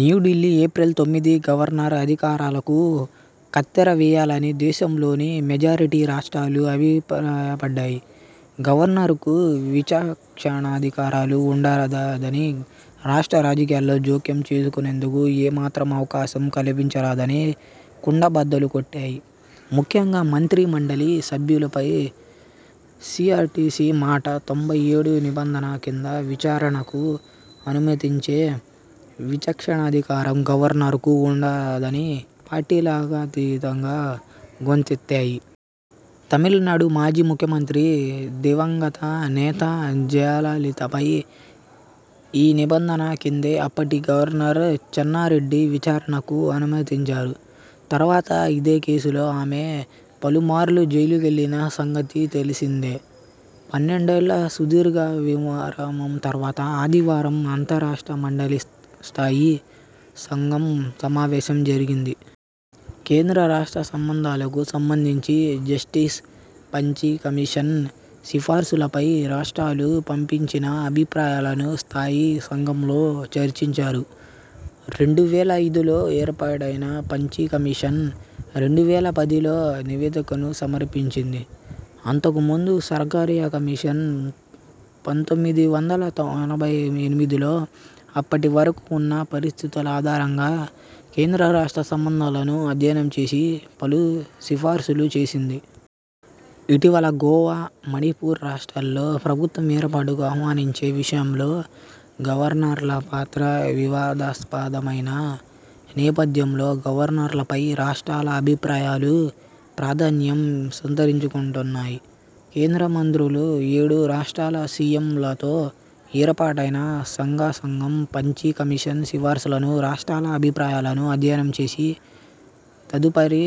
New Delhi April తొమ్మిది governor అధికారాలకు కత్తెర వేయాలని దేశంలోని మెజారిటీ రాష్ట్రాలు అభిప్రాయపడ్డాయి. గవర్నర్కు విచక్షణాధికారాలు ఉండరాదని, రాష్ట్ర రాజకీయాల్లో జోక్యం చేసుకొనేందుకు ఏ మాత్రం అవకాశం కల్పించరాదని కుండబద్దలు కొట్టాయి. ముఖ్యంగా మంత్రి మండలి సభ్యులపై సీఆర్పీసీ నూట తొంభై ఏడు నిబంధన కింద విచారణకు అనుమతించే విచక్షణాధికారం గవర్నర్కు ఉండరాదని పార్టీలకతీతంగా గొంతెత్తాయి. తమిళనాడు మాజీ ముఖ్యమంత్రి, దివంగత నేత జయలలితపై ఈ నిబంధన కిందే అప్పటి గవర్నర్ చెన్నారెడ్డి విచారణకు అనుమతించారు. తర్వాత ఇదే కేసులో ఆమె పలుమార్లు జైలుకెళ్లిన సంగతి తెలిసిందే. పన్నెండేళ్ల సుదీర్ఘ విరామం తర్వాత ఆదివారం అంతర్రాష్ట్ర మండలి స్థాయీ సం ఘం సమావేశం జరిగింది. కేంద్ర-రాష్ట్ర సంబంధాలకు సంబంధించి జస్టిస్ పంచీ కమిషన్ సిఫార్సులపై రాష్ట్రాలు పంపించిన అభిప్రాయాలను స్థాయీ సంఘంలో చర్చించారు. రెండు వేల ఐదులో ఏర్పాటైన పంఛీ కమిషన్ రెండు వేల పదిలో నివేదికను సమర్పించింది. అంతకు ముందు సర్కారియా కమిషన్ పంతొమ్మిది వందల ఎనభై ఎనిమిదిలో అప్పటివరకు ఉన్న పరిస్థితుల ఆధారంగా కేంద్ర-రాష్ట్ర సంబంధాలను అధ్యయనం చేసి పలు సిఫార్సులు చేసింది. ఇటీవల గోవా, మణిపూ ర్ రాష్ట్రాల్లో ప్రభుత్వం ఏర్పాటుకు ఆహ్వానించే విషయంలో గవర్నర్ల పాత్ర వివాదాస్పదమైన నేపథ్యంలో గవర్నర్లపై రాష్ట్రాల అభిప్రాయాలు ప్రాధాన్యం సంతరించుకున్నాయి. కేంద్ర మం త్రులు, ఏడు రాష్ట్రాల సీఎంలతో ఏర్పాటైన స్థాయీసంఘం పంఛీ కమిషన్ సిఫార్సులను, రాష్ట్రాల అభిప్రాయాలను అధ్యయనం చేసి, తదుపరి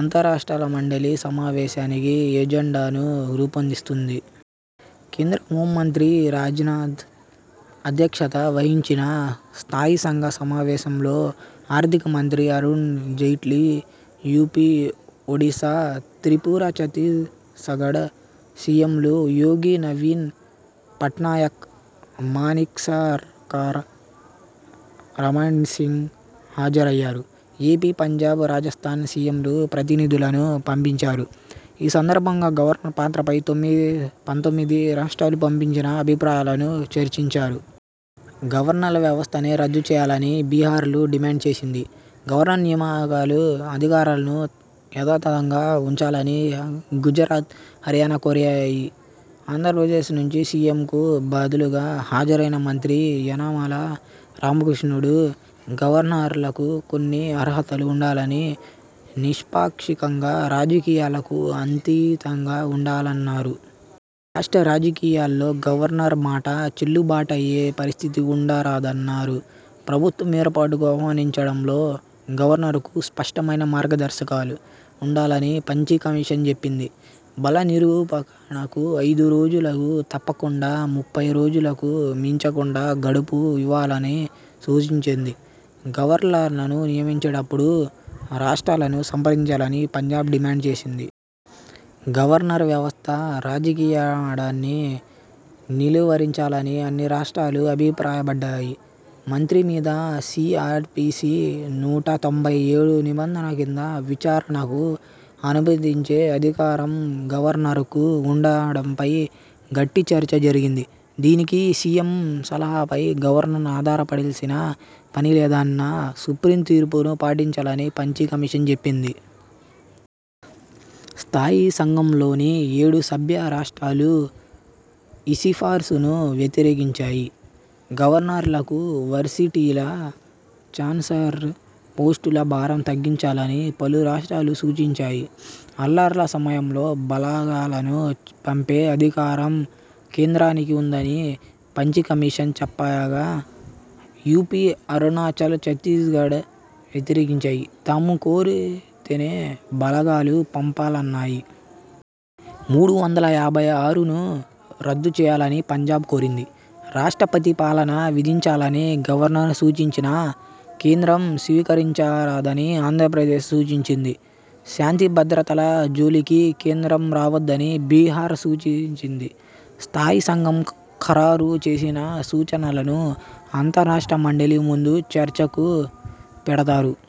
అంతర్రాష్ట్ర మండలి సమావేశానికి ఎజెండాను రూపొందిస్తుంది. కేంద్ర హోంమంత్రి రాజ్నాథ్ అధ్యక్షత వహించిన స్థాయీ సంఘ సమావేశంలో ఆర్థికమంత్రి అరుణ్ జైట్లీ, యూపీ, ఒడిసా, త్రిపుర, ఛత్తీసగఢ్ సీఎంలు యోగి, నవీన్ పట్నాయక్, మానిక్సర్కార్, రమణ్సింగ్ హాజరయ్యారు. ఏపీ, పంజాబ్, రాజస్థాన్ సీఎంలు ప్రతినిధులను పంపించారు. ఈ సందర్భంగా గవర్నర్ పాత్రపై పంతొమ్మిది రాష్ట్రాలు పంపించిన అభిప్రాయాలను చర్చించారు. గవర్నర్ల వ్యవస్థనే రద్దు చేయాలని బిహా ర్ డిమాండ్ చేసింది. గవర్నర్ నియామకాలు, అధికారాలను యధాతథంగా ఉంచాలని గుజరాత, హర్యానా కోరాయి. ఆంధ్రప్రదేశ్ నుంచి సీఎంకు బదులుగా హాజరైన మంత్రి యనమల రామకృష్ణుడు గవర్నర్లకు కొన్ని అర్హతలు ఉండాలని, నిష్పాక్షికం గా, రాజకీయాలకు అతీతంగా ఉండాలన్నారు. రాష్ట్ర రాజకీయా ల్లో గవర్నర్ మాట చెల్లుబాటయ్యే పరిస్థితి ఉండరాదన్నారు. ప్రభుత్వ ఏర్పాటుకు ఆహ్వానించడంలో గవర్నర్కు స్పష్టమైన మార్గదర్శకాలు ఉండాలని పంఛీ కమిషన్ చెప్పింది. బల నిరూపణకు ఐదు రోజులకు తగ్గకుండా, ముప్పై రోజులకు మించకుండా గడువు ఇవ్వాలని సూచించింది. గవర్నర్లను నియమించేటప్పు డు రాష్ట్రాలను సంప్రదించాలని పంజాబ్ డిమాండ్ చేసింది. గవర్నర్ వ్యవస్థ రాజకీయమవడాన్ని నిలువరించాలని అన్ని రాష్ట్రాలు అభిప్రాయపడ్డాయి. మంత్రి మీద సీఆర్పీసీ నూట తొంభై ఏడు నిబంధన కింద విచారణకు అనుమతించే అధికారం గవర్నర్కు ఉండటంపై గట్టి చర్చ జరిగింది. దీనికి సీఎం సలహాపై గవర్న ర్ ఆధారపడాల్సిన పనిలేదన్న సుప్రీం తీర్పును పాటించాలని పంఛీ కమిషన్ చెప్పింది. స్థాయీ సంఘంలోని ఏడు సభ్య రాష్ట్రా లూ ఈసిఫార్సును వ్యతిరేకించాయి. గవర్నర్లకు వర్సిటీల చాన్స్లర్ పోస్టుల భారం తగ్గించాలని పలు రాష్ట్రాలు సూచించాయి. అల్లర్ల సమయంలో బలాగాలను పంపే అధికారం కేంద్రానికి ఉందని పంఛీ కమిషన్ చెప్పగా యూపీ, అరుణాచల్, ఛత్తీ్సగఢ్ వ్యతిరేకించాయి. తాము కోరితేనే బలగాలు పంపాలన్నా యి. మూడు వందల యాభై ఆరును రద్దు చేయాలని పంజాబ్ కోరింది. రాష్ట్రపతి పాలన విధించాలని గవర్నర్ సూచించినా కేంద్రం స్వీకరించరాదని ఆంధ్రప్రదేశ్ సూచించింది. శాంతి భద్రతల జోలికి కేంద్రం రావొద్దని బిహార్ సూచించింది. స్థాయీ సంఘం ఖరారు చేసిన సూచనలను అంతర్రాష్ట్ర మండలి ముందు చర్చకు పెడతారు.